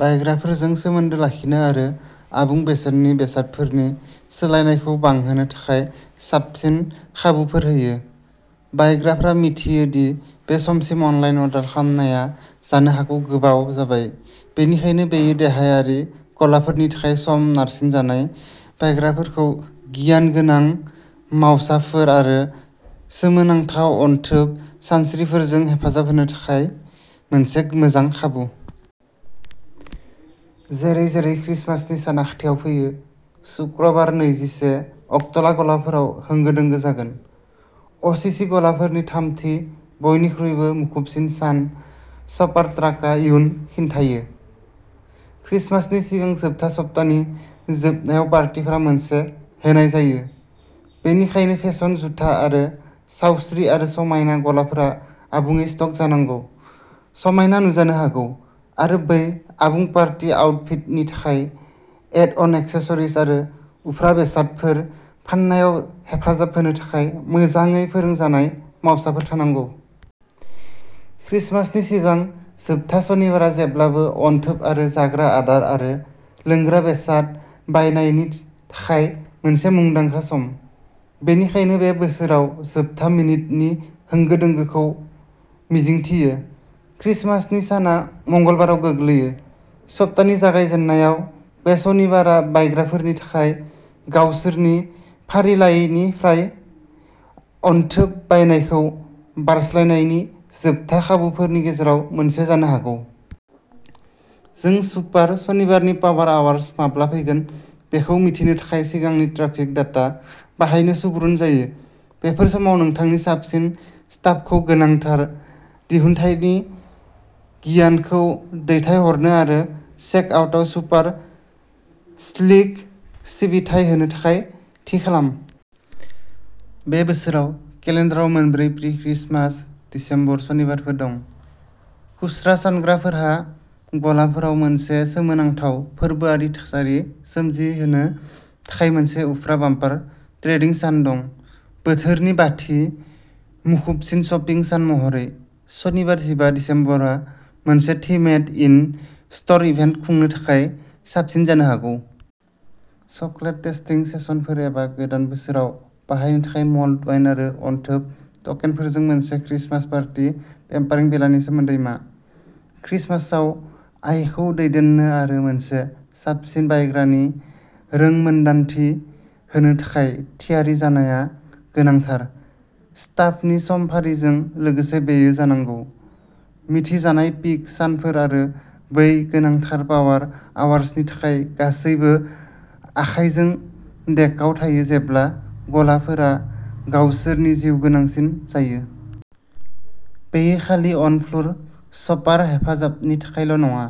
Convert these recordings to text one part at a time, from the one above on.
बायग्राफोरजों सोमोन्दो लाखिनो आरो आबुं बेसेननि बेसादफोरनि सोलायनायखौ बांहोनो थाखाय साबसिन खाबुफोर होयो। बायग्राफ्रा मिथियो दि बे समसिम अनलाइन अर्डार खालामनाया जानो हागौ गोबाव जाबाय, बेनिखायनो बेयो देहायारि गलाफोरनि थाखाय सम-नारसिनजानाय बायग्राफोरखौ गियानगोनां मावसाफोर आरो सोमोनांथाव अनथोब सानस्रिफोरजों हेफाजाब होनो थाखाय मोनसे मोजां खाबु। जेरै-जेरै क्रिसमासनि साना खाथियाव फैयो, सुक्रुबार नैजिसे अक्ट'ला गलाफोराव होंगो-दोंगो जागोन, असिसि गलाफोरनि थामथि बयनिख्रुइबो मुखुबसिन सान शपारट्राकआ इयुन खिन्थायो। क्रिसमासनि सिगां जोबथा सप्तानि जोबनायाव पार्टीफोरा मोनसे होनाय जायो, बेनिखायनो फेसन, जुथा आरो सावस्रि आरो समायना गलाफोरा आबुङै स्टक जानांगौ, समायना नुजानो हागौ, आरो बै आबुं पार्टी आउटफिटनि थाखाय एड-अन एक्सेसरिज आरो उफ्रा बेसादफोर फाननायाव हेफाजाब होनो थाखाय मोजाङै फोरोंजानाय मावसाफोर थानांगौ। क्रिसमासनि सिगां जोबथा सनिबारआ जेब्लाबो अनथोब आरो जाग्रा आदार आरो लोंग्रा बेसाद बायनायनि थाखाय मोनसे मुंदांखा सम, बेनिखायनो बे बोसोराव जोबथा मिनिटनि होंगो-दोंगोखौ मिजिंथियो। क्रिसमासनि साना मंगलबाराव गोग्लैयो, सप्तानि जागायजेन्नायाव बे सनिबारआ बायग्राफोरनि थाखाय गावसोरनि फारिलाइनिफ्राय अनथोब बायनायखौ बारस्लायनायनि जोबथा खाबुफोरनि गेजेराव मोनसे जानो हागौ। जों सुपार सनिबारनि पावार आवार्स माब्ला फैगोन बेखौ मिथिनो थाखाय सिगांनि ट्राफिक डाटा बाहायनो सुबुरुन जायो। बेफोर समाव नोंथांनि साबसिन स्टाफखौ गोनांथार दिहुनथायनि गियानखौ दैथायहरनो आरो चेक-आउटआव सुपार-स्लिक सिबिथाइ होनो थाखाय थि खालाम। बे बोसोराव, केलेन्डाराव मोनब्रै प्रि-क्रिसमास दिसेम्बर सनिबारफोर दं, खुस्रा फानग्राफोरहा गलाफोराव मोनसे सोमोनांथाव फोरबोआरि थासारि सोमजिहोनो थाखाय मोनसे उफ्रा बाम्पार ट्रेडिं सान दं। बोथोरनि बाथि मुखुबसिन शपिं सान महरै, सनिबार जिबा दिसेम्बरआ मोनसे थिमेड इन-स्ट'र इभेन्ट खुंनो थाखाय साबसिन जानो हागौ। चकलेट-टेस्टिं सेसनफोर एबा गोदान बोसोराव बाहायनो थाखाय मल्ड वाइन आरो अनथोब टकेनफोरजों मोनसे क्रिसमास पार्टी पेम्पारिं बेलानि सोमोन्दै मा? क्रिसमासआव, आयखौ दैदेननो आरो मोनसे साबसिन बायग्रानि रोंमोनदांथि होनो थाखाय थियारि जानाया गोनांथार। स्टाफनि समफारिजों लोगोसे बेयो जानांगौ मिथिजानाय पीक सानफोर आरो बै गोनांथार पावार आवार्स नि थाखाय गासैबो आखायजों डेकआव थायो जेब्ला गलाफोरा गावसोरनि जिउगोनांसिन जायो। बेयो खालि अन-फ्ल'र शपार हेफाजाबनि थाखायल' नङा,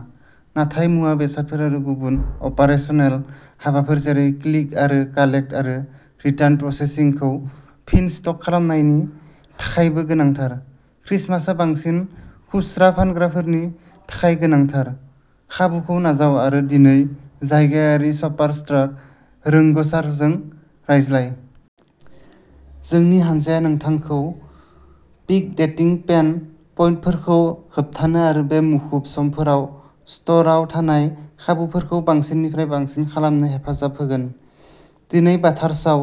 नाथाय मुवा बेसादफोर आरो गुबुन अपारेसनेल हाबाफोर जेरै क्लिक आरो कालेक्ट आरो रिटार्न प्रसेसिंखौ फिन स्टक खालामनायनि थाखायबो गोनांथार। क्रिसमासआ बांसिन खुस्रा फानग्राफोरनि थाखाय गोनांथार। खाबुखौ नाजाव आरो दिनै जायगायारि शपारट्राक रोंग'सारजों रायज्लाय। जोंनि हानजाया नोंथांखौ पीक देडिं पेन पइन्टफोरखौ होबथानो आरो बे मुखुब समफोराव स्ट'रआव थानाय खाबुफोरखौ बांसिननिफ्राय बांसिन खालामनो हेफाजाब होगोन। दिनै बाथार्स्टआव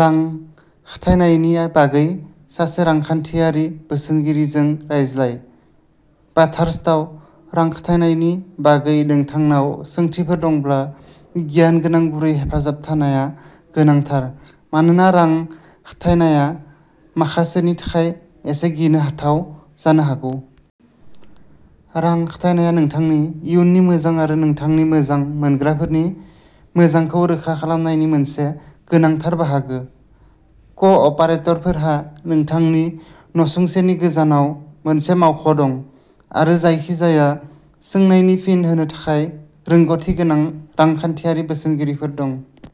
रां खाथायनायनि बागै सासे रांखान्थियारि बोसोनगिरिजों रायज्लाय! बाथार्स्टआव रां खाथायनायनि बागै नोंथांनाव सोंथिफोर दंब्ला गियानगोनां, गुरै हेफाजाब थानाया गोनांथार, मानोना रां खाथायनाया माखासेनि थाखाय एसे गिनो हाथाव जानो हागौ। रां खाथायनाया नोंथांनि इयुननि मोजां आरो नोंथांनि मोजां मोनग्राफोरनि मोजांखौ रोखा खालामनायनि मोनसे गोनांथार बाहागो। क'- अपारेटरफोरहा नोंथांनि नसुंसेनि गोजानाव मोनसे मावख' दं, आरो जायखिजाया सोंनायनि फिन होनो थाखाय रोंग'थि गोनां रांखान्थियारि बोसोनगिरिफोर दं।